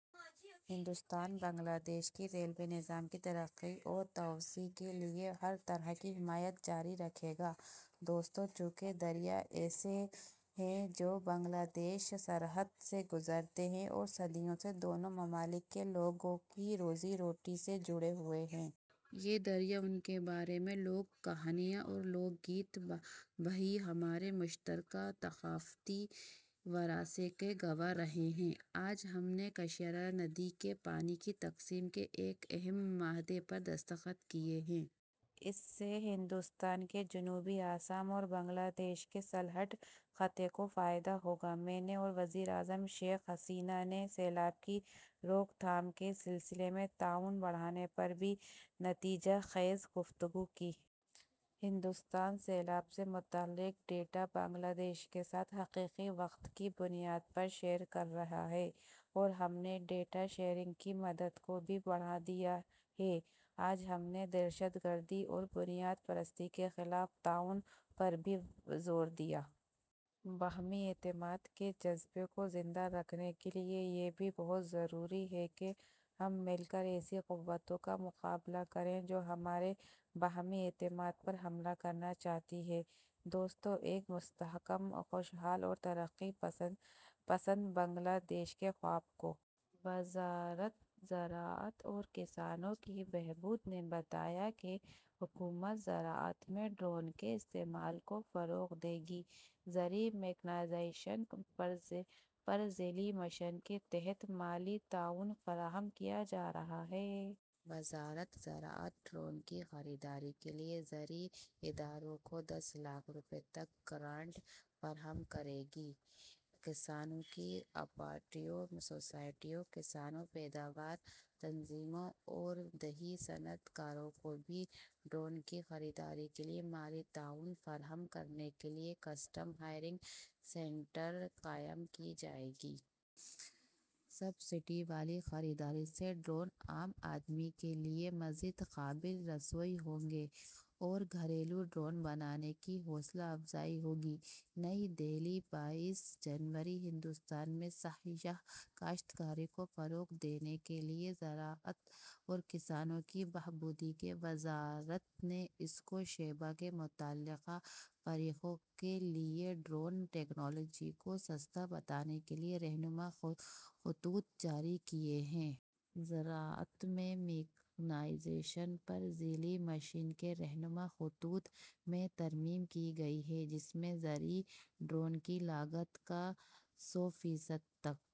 Hindustan, Bangladesh کے railway نظام کی ترقی اور توسیع کے لیے ہر طرح کی حمایت جاری رکھے گا۔ دوستو، چونکہ دریا ایسے ہیں جو ہند بنگلہ دیش سرحد سے گزرتے ہیں اور صدیوں سے دونوں ممالک کے لوگوں کی روزی روٹی سے جڑے ہوئے ہیں۔ یہ دریا، ان کے بارے میں لوک کہانیاں اور لوک گیت بھی ہمارے مشترکہ ثقافتی ورثے کے گواہ رہے ہیں۔ آج ہم نے کشیارا ندی کے پانی کی تقسیم کے ایک اہم معاہدے پر دستخط کیے ہیں۔ اس سے ہندوستان کے جنوبی آسام اور بنگلہ دیش کے سلہٹ خطے کو فائدہ ہوگا۔ میں نے اور وزیر اعظم شیخ حسینہ نے سیلاب کی روک تھام کے سلسلے میں تعاون بڑھانے پر بھی نتیجہ خیز گفتگو کی۔ ہندوستان سیلاب سے متعلق ڈیٹا بنگلہ دیش کے ساتھ حقیقی وقت کی بنیاد پر شیئر کر رہا ہے اور ہم نے ڈیٹا شیئرنگ کی مدت کو بھی بڑھا دیا ہے۔ آج ہم نے دہشت گردی اور بنیاد پرستی کے خلاف تعاون پر بھی زور دیا۔ باہمی اعتماد کے جذبے کو زندہ رکھنے کے لیے یہ بھی بہت ضروری ہے کہ ہم مل کر ایسی قوتوں کا مقابلہ کریں جو ہمارے باہمی اعتماد پر حملہ کرنا چاہتی ہیں۔ دوستو، ایک مستحکم، خوشحال اور ترقی پسند بنگلہ دیش کے خواب کو۔ وزارت زراعت اور کسانوں کی بہبود نے بتایا کہ حکومت زراعت میں ڈرون کے استعمال کو فروغ دے گی۔ زرعی میکانائزیشن پر ذیلی مشن کے تحت مالی تعاون فراہم کیا جا رہا ہے۔ وزارت زراعت ڈرون کی خریداری کے لیے زرعی اداروں کو دس لاکھ روپے تک گرانٹ فراہم کرے گی۔ کسانوں کی کوآپریٹو سوسائٹیوں، کسان پیداوار تنظیموں اور دیہی صنعت کاروں کو بھی ڈرون کی خریداری کے لیے مالی تعاون فراہم کرنے کے لیے کسٹم ہائرنگ سینٹرز قائم کیے جائیں گے۔ سبسڈی والی خریداری سے ڈرون عام آدمی کے لیے مزید قابل رسائی ہوں گے اور گھریلو ڈرون بنانے کی حوصلہ افزائی ہوگی۔ نئی دہلی، بائیس جنوری۔ ہندوستان میں صحیح کاشت کاری کو فروغ دینے کے لیے زراعت اور کسانوں کی بہبود کی وزارت نے اس شعبے کے متعلقہ فریقوں کے لیے ڈرون ٹیکنالوجی کو سستا بنانے کے لیے رہنما خطوط جاری کیے ہیں۔ زراعت میں میکانائزیشن پر ذیلی مشن کے رہنما خطوط میں ترمیم کی گئی ہے، جس میں زرعی ڈرون کی لاگت کا سو فیصد تک...